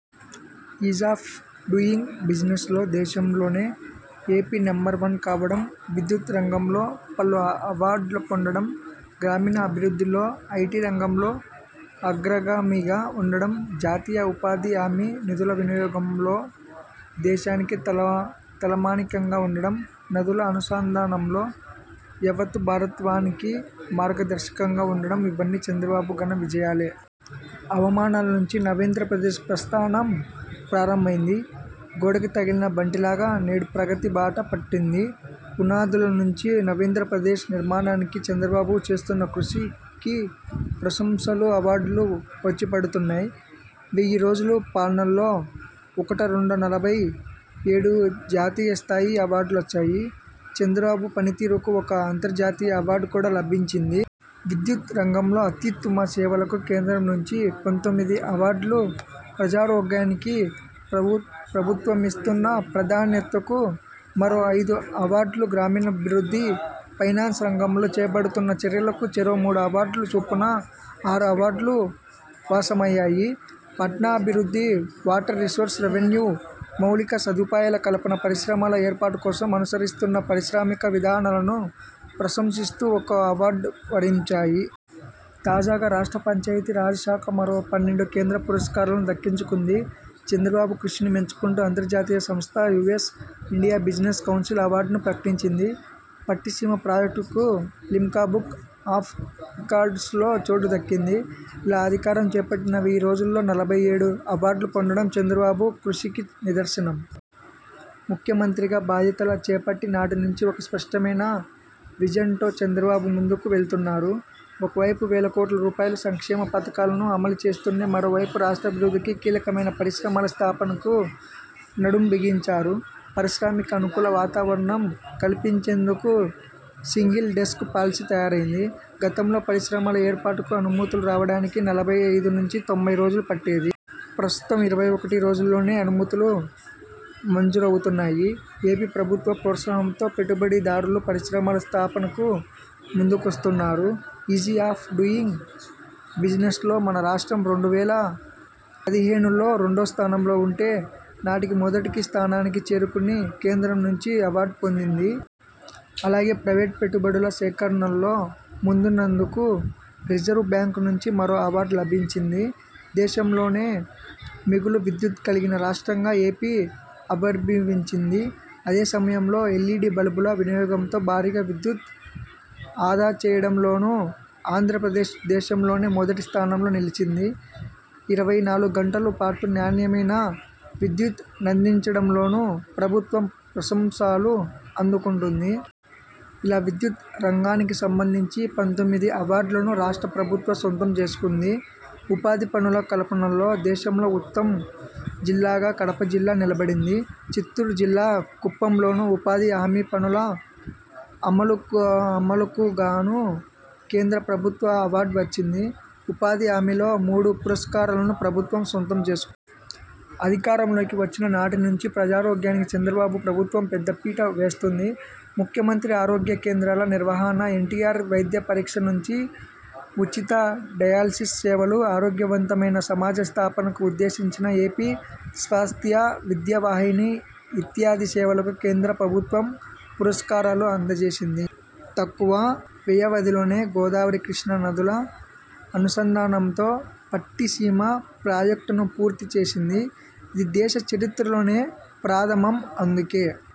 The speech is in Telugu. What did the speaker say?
ఈజ్ ఆఫ్ డూయింగ్ బిజినెస్ లో దేశంలోనే ఏపీ నెంబర్ వన్ కావడం, విద్యుత్ రంగంలో పలు అవార్డుల పొందడం, గ్రామీణాభివృద్ధిలో, ఐటీ రంగంలో అగ్రగామిగా ఉండడం, జాతీయ ఉపాధి హామీ నిధుల వినియోగంలో దేశానికే తలమానికంగా ఉండడం, నదుల అనుసంధానంలో యవత్తు భారత్వానికి మార్గదర్శకంగా ఉండడం ఇవన్నీ చంద్రబాబు ఘన విజయాలే. అవమానాల నుంచి నవ్యాంధ్రప్రదేశ్ ప్రస్థానం ప్రారంభమైంది. గోడకి తగిలిన బంతిలాగా నేడు ప్రగతి బాట పట్టింది. పునాదుల నుంచి నవ్యాంధ్రప్రదేశ్ నిర్మాణానికి చంద్రబాబు చేస్తున్న కృషికి ప్రశంసలు, అవార్డులు వచ్చిపడుతున్నాయి. వెయ్యి రోజుల పాలనలో ఒకటా రెండా నలభై ఏడు జాతీయస్థాయి అవార్డులొచ్చాయి. చంద్రబాబు పనితీరుకు ఒక అంతర్జాతీయ అవార్డు కూడా లభించింది. విద్యుత్ రంగంలో అత్యుత్తుమ సేవలకు కేంద్రం నుంచి పంతొమ్మిది అవార్డులు, ప్రజారోగ్యానికి ప్రభుత్వమిస్తున్న ప్రాధానేతకు మరో ఐదు అవార్డులు, గ్రామీణాభివృద్ధి, ఫైనాన్స్ రంగంలో చేపడుతున్న చర్యలకు చెరో మూడు అవార్డుల చొప్పున ఆరు అవార్డులూ వశమయ్యాయి. పట్టణాభివృద్ధి, వాటర్ రిసోర్స్, రెవెన్యూ, మౌలిక సదుపాయాల కల్పన, పరిశ్రమల ఏర్పాటు కోసం అనుసరిస్తున్న పారిశ్రామిక విధానాలను ప్రశంసిస్తూ ఒక్కో అవార్డు వరించాయి. తాజాగా రాష్ట్ర పంచాయతీ రాజ్ శాఖ మరో పన్నెండు కేంద్ర పురస్కారాలను దక్కించుకుంది. చంద్రబాబు కృషిని మెచ్చుకుంటూ అంతర్జాతీయ సంస్థ యూఎస్ ఇండియా బిజినెస్ కౌన్సిల్ అవార్డును ప్రకటించింది. పట్టిసీమ ప్రాజెక్టుకు లిమ్కా బుక్ ఆఫ్ రికార్డ్సులో చోటు దక్కింది. ఇలా అధికారం చేపట్టిన వెయ్యి రోజుల్లో నలభై ఏడు అవార్డులు పొందడం చంద్రబాబు కృషికి నిదర్శనం. ముఖ్యమంత్రిగా బాధ్యతల చేపట్టి నాటినుంచి ఒక స్పష్టమైన విజన్తో చంద్రబాబు ముందుకు వెళుతున్నారు. ఒకవైపు వేలకోట్ల రూపాయల సంక్షేమ పథకాలను అమలు చేస్తూనే, మరోవైపు రాష్ట్రాభివృద్ధికి కీలకమైన పరిశ్రమల స్థాపనకు నడుంబిగించారు. పారిశ్రామిక అనుకూల వాతావరణం కల్పించేందుకు సింగిల్ డెస్క్ పాలసీ తయారైంది. గతంలో పరిశ్రమల ఏర్పాటుకు అనుమతులు రావడానికి నలభై ఐదు నుంచి తొంభై రోజులు పట్టేది. ప్రస్తుతం ఇరవై ఒకటి రోజుల్లోనే అనుమతులు మంజూరవుతున్నాయి. ఏపీ ప్రభుత్వ ప్రోత్సాహంతో పెట్టుబడిదారులు పరిశ్రమల స్థాపనకు ముందుకొస్తున్నారు. ఈజి ఆఫ్ డూయింగ్ బిజినెస్లో మన రాష్ట్రం రెండు వేల పదిహేనులో రెండో స్థానంలో ఉంటే, నాటికి మొదటి స్థానానికి చేరుకుని కేంద్రం నుంచి అవార్డుకి పొందింది. అలాగే, ప్రైవేటు పెట్టుబడుల సేకరణలో ముందున్నందుకు రిజర్వు బ్యాంకు నుంచి మరో అవార్డు లభించింది. దేశంలోనే మిగులు విద్యుత్ కలిగిన రాష్ట్రంగా ఏపీ ఆవిర్భవించింది. అదే సమయంలో ఎల్ఈడీ బల్బుల వినియోగంతో భారీగా విద్యుత్ ఆదా చేయడంలోనూ ఆంధ్రప్రదేశ్ దేశంలోనే మొదటి స్థానంలో నిలిచించింది. ఇరవై నాలుగు గంటల పాటు నాణ్యమైన విద్యుత్తునందించడంలోనూ ప్రభుత్వం ప్రశంసాలు అందుకుంటోంది. ఇలా విద్యుత్ రంగానికి సంబంధించి పంతొమ్మిది అవార్డులను రాష్ట్ర ప్రభుత్వం సొంతం చేసుకుంది. ఉపాధి పనుల కల్పనలో దేశంలో ఉత్తమ జిల్లాగా కడప జిల్లా నిలబడింది. చిత్తూరు జిల్లా కుప్పంలోనూ ఉపాధి హామీ పనుల అమలాకుగా అమలుకుగాను కేంద్ర ప్రభుత్వ అవార్డు వచ్చింది. ఉపాధి హామీలో మూడు పురస్కారాలను ప్రభుత్వం సొంతం చేసుకు అధికారంలోకి వచ్చిన నాటి నుంచి ప్రజారోగ్యానికి చంద్రబాబు ప్రభుత్వం పెద్ద పీట వేస్తోంది. ముఖ్యమంత్రి ఆరోగ్య కేంద్రాల నిర్వహణ, ఎన్టీఆర్ వైద్య పరీక్ష నుంచి ఉచిత డయాలసిస్ సేవలు, ఆరోగ్యవంతమైన సమాజ స్థాపనకు ఉద్దేశించిన ఏపీ స్వాస్థ్య విద్యా వాహిని ఇత్యాది సేవలకు కేంద్ర ప్రభుత్వం పురస్కారాలు అందజేసింది. తక్కువ వ్యవధిలోనే గోదావరి, కృష్ణా నదుల అనుసంధానంతో పట్టిసీమ ప్రాజెక్టును పూర్తి చేసింది. ఇది దేశ చరిత్రలోనే ప్రధామం. అందుకే